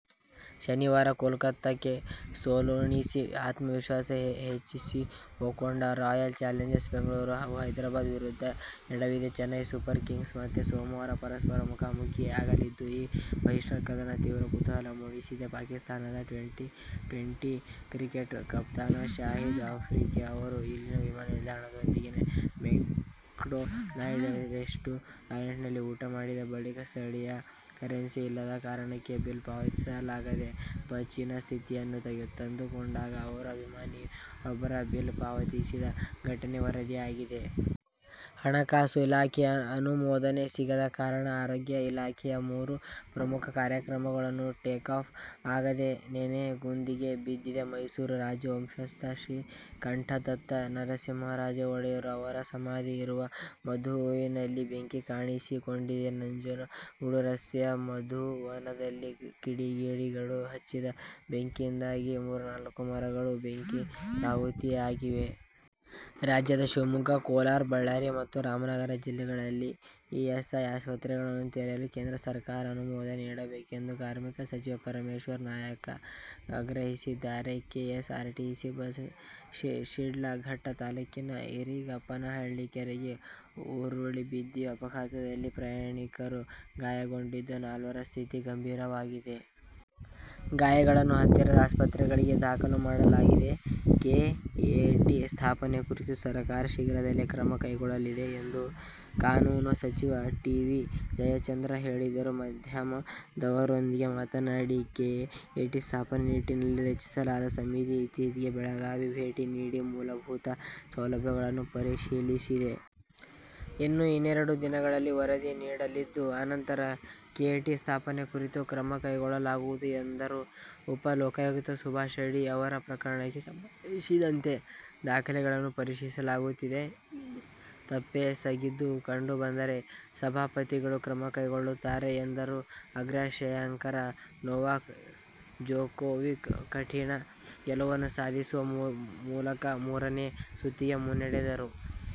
ಶನಿವಾರ ಕೋಲ್ಕತಾಕ್ಕೆ ಸೋಲುಣಿಸಿ ಆತ್ಮವಿಸ್ವಾಸ ಹೆಚ್ಚಿಸಿಒಕೊಂಡ ರಾಯಲ್ ಚಾಲೆಂಜರ್ ಬೆಂಗಳೂರು ಹಾಗೂ ಹೈದರಾಬಾದ್ ವಿರುದ್ಧ ಎಡವಿದ ಚೆನ್ನೈ ಸೂಪರ್ ಕಿಂಗ್ಸ್ ಮತ್ತೆ ಸೋಮವಾರ ಪರಸ್ಪರ ಮುಖಾಮುಖೀಯಾಗಲಿದ್ದು, ಈ ಬಲಿಷ್ಠರ ಕದನ ತೀವ್ರ ಕುತೂಹಲ ಮೂಡಿಸಿದೆ. ಪಾಕಿಸ್ಥಾನದ ಟ್ವೆಂಟಿ ಟ್ವೆಂಟಿ ಕ್ರಿಕೆಟ್ ಕಪ್ತಾನ ಶಾಹೀದ್ ಆಫ್ರಿದಿ ಅವರು ಇಲ್ಲಿನ ವಿಮಾನ ನಿಲ್ದಾಣದೊಳಗಿನ ಮೆಕ್ಡೊನಾಲ್ಡ್ ರೆಸ್ಟುರಾಂಟ್ನಲ್ಲಿ ಊಟ ಮಾಡಿದ ಬಳಿಕ ಸ್ಥಳೀಯ ಕರೆನ್ಸಿ ಇಲ್ಲದ ಕಾರಣಕ್ಕೆ ಬಿಲ್ ಪಾವತಿಸಲಾಗದೆ ಪೇಚಿನ ಸ್ಥಿತಿಯನ್ನು ತಂದುಕೊಂಡಾಗ ಅವರ ಅಭಿಮಾನಿಯೊಬ್ಬ ಬಿಲ್ ಪಾವತಿಸಿದ ಘಟನೆ ವರದಿಯಾಗಿದೆ. ಹಣಕಾಸು ಇಲಾಖೆಯ ಅನುಮೋದನೆ ಸಿಗದ ಕಾರಣ ಆರೋಗ್ಯ ಇಲಾಖೆಯ ಮೂರು ಪ್ರಮುಖ ಕಾರ್ಯಕ್ರಮಗಳು "ಟೇಕಾಫ್' ಆಗದೆ ನೆನೆಗುದಿಗೆ ಬಿದ್ದಿವೆ. ಮೈಸೂರು ರಾಜವಂಶಸ್ಥ ಶ್ರೀಕಂಠದತ್ತ ನರಸಿಂಹರಾಜ ಒಡೆಯರ್ ಅವರ ಸಮಾಧಿ ಇರುವ ಮಧುವನದಲ್ಲಿ ಬೆಂಕಿ ಕಾಣಿಸಿಕೊಂಡಿದೆ. ನಂಜನಗೂಡು ರಸ್ತೆಯ ಮಧುವನದಲ್ಲಿ ಕಿಡಿಗೇಡಿಗಳು ಹಚ್ಚಿದ ಬೆಂಕಿಯಿಂದಾಗಿ ಮೂರ್ನಾಲ್ಕು ಮರಗಳು ಬೆಂಕಿಗಾಹುತಿಯಾಗಿವೆ. ರಾಜ್ಯದ ಶಿವಮೊಗ್ಗ, ಕೋಲಾರ, ಬಳ್ಳಾರಿ ಮತ್ತು ರಾಮನಗರ ಜಿಲ್ಲೆಗಳಲ್ಲಿ ಇಎಸ್ಐ ಆಸ್ಪತ್ರೆಗಳನ್ನು ತೆರೆಯಲು ಕೇಂದ್ರ ಸರ್ಕಾರ ಅನುಮೋದನೆ ನೀಡಬೇಕೆಂದು ಕಾರ್ಮಿಕ ಸಚಿವ ಪರಮೇಶ್ವರ್ ನಾಯಕ ಆಗ್ರಹಿಸಿದ್ದಾರೆ. ಕೆಎಸ್ಆರ್ಟಿಸಿ ಬಸ್ ಶಿಡ್ಲಘಟ್ಟ ತಾಲೂಕಿನ ಇರಿಗಪ್ಪನಹಳ್ಳಿ ಕೆರೆಗೆ ಉರುಳಿ ಬಿದ್ದಿದೆ. ಅಪಘಾತದಲ್ಲಿ ಪ್ರಯಾಣಿಕರು ಗಾಯಗೊಂಡಿದ್ದು, ನಾಲ್ವರ ಸ್ಥಿತಿ ಗಂಭೀರವಾಗಿದೆ. ಗಾಯಾಳುಗಳನ್ನು ಹತ್ತಿರದ ಆಸ್ಪತ್ರೆಗಳಿಗೆ ದಾಖಲು ಮಾಡಲಾಗಿದೆ. ಕೆಎಟಿ ಸ್ಥಾಪನೆ ಕುರಿತು ಸರಕಾರ ಶೀಘ್ರದಲ್ಲೇ ಕ್ರಮ ಕೈಗೊಳ್ಳಲಿದೆ ಎಂದು ಕಾನೂನು ಸಚಿವ ಟಿ. ಬಿ. ಜಯಚಂದ್ರ ಹೇಳಿದರು. ಮಾಧ್ಯಮದವರೊಂದಿಗೆ ಮಾತನಾಡಿ, ಕೆಎಟಿ ಸ್ಥಾಪನೆ ನಿಟ್ಟಿನಲ್ಲಿ ರಚಿಸಲಾದ ಸಮಿತಿ ಇತ್ತೀಚೆಗೆ ಬೆಳಗಾವಿಗೆ ಭೇಟಿ ನೀಡಿ ಮೂಲಭೂತ ಸೌಲಭ್ಯಗಳನ್ನು ಪರಿಶೀಲಿಸಿದೆ. ಇದು ಇನ್ನೆರಡು ದಿನಗಳಲ್ಲಿ ವರದಿ ನೀಡಲಿದ್ದು, ಅನಂತರ ಕೆಎಟಿ ಸ್ಥಾಪನೆ ಕುರಿತು ಕ್ರಮ ಕೈಗೊಳ್ಳಲಾಗುವುದು ಎಂದರು. ಉಪ ಲೋಕಾಯುಕ್ತ ಸುಭಾಷ ಅಡಿ ಅವರ ಪ್ರಕರಣಕ್ಕೆ ಸಂಬಂಧಿಸಿದಂತೆ ದಾಖಲೆಗಳನ್ನು ಪರಿಶೀಲಿಸಲಾಗುತ್ತಿದೆ. ತಪ್ಪೆಸಗಿದ್ದು ಕಂಡು ಬಂದರೆ ಸಭಾಪತಿಗಳು ಕ್ರಮ ಕೈಗೊಳ್ಳುತ್ತಾರೆ ಎಂದರು. ಅಗ್ರ ಶ್ರೇಯಾಂಕದ ನೊವಾಕ್ ಜೊಕೋವಿಕ್ ಕಠಿನ ಗೆಲುವನ್ನು ಸಾಧಿಸುವ ಮೂಲಕ ಮೂರನೇ ಸುತ್ತಿಗೆ ಮುನ್ನಡೆದರು.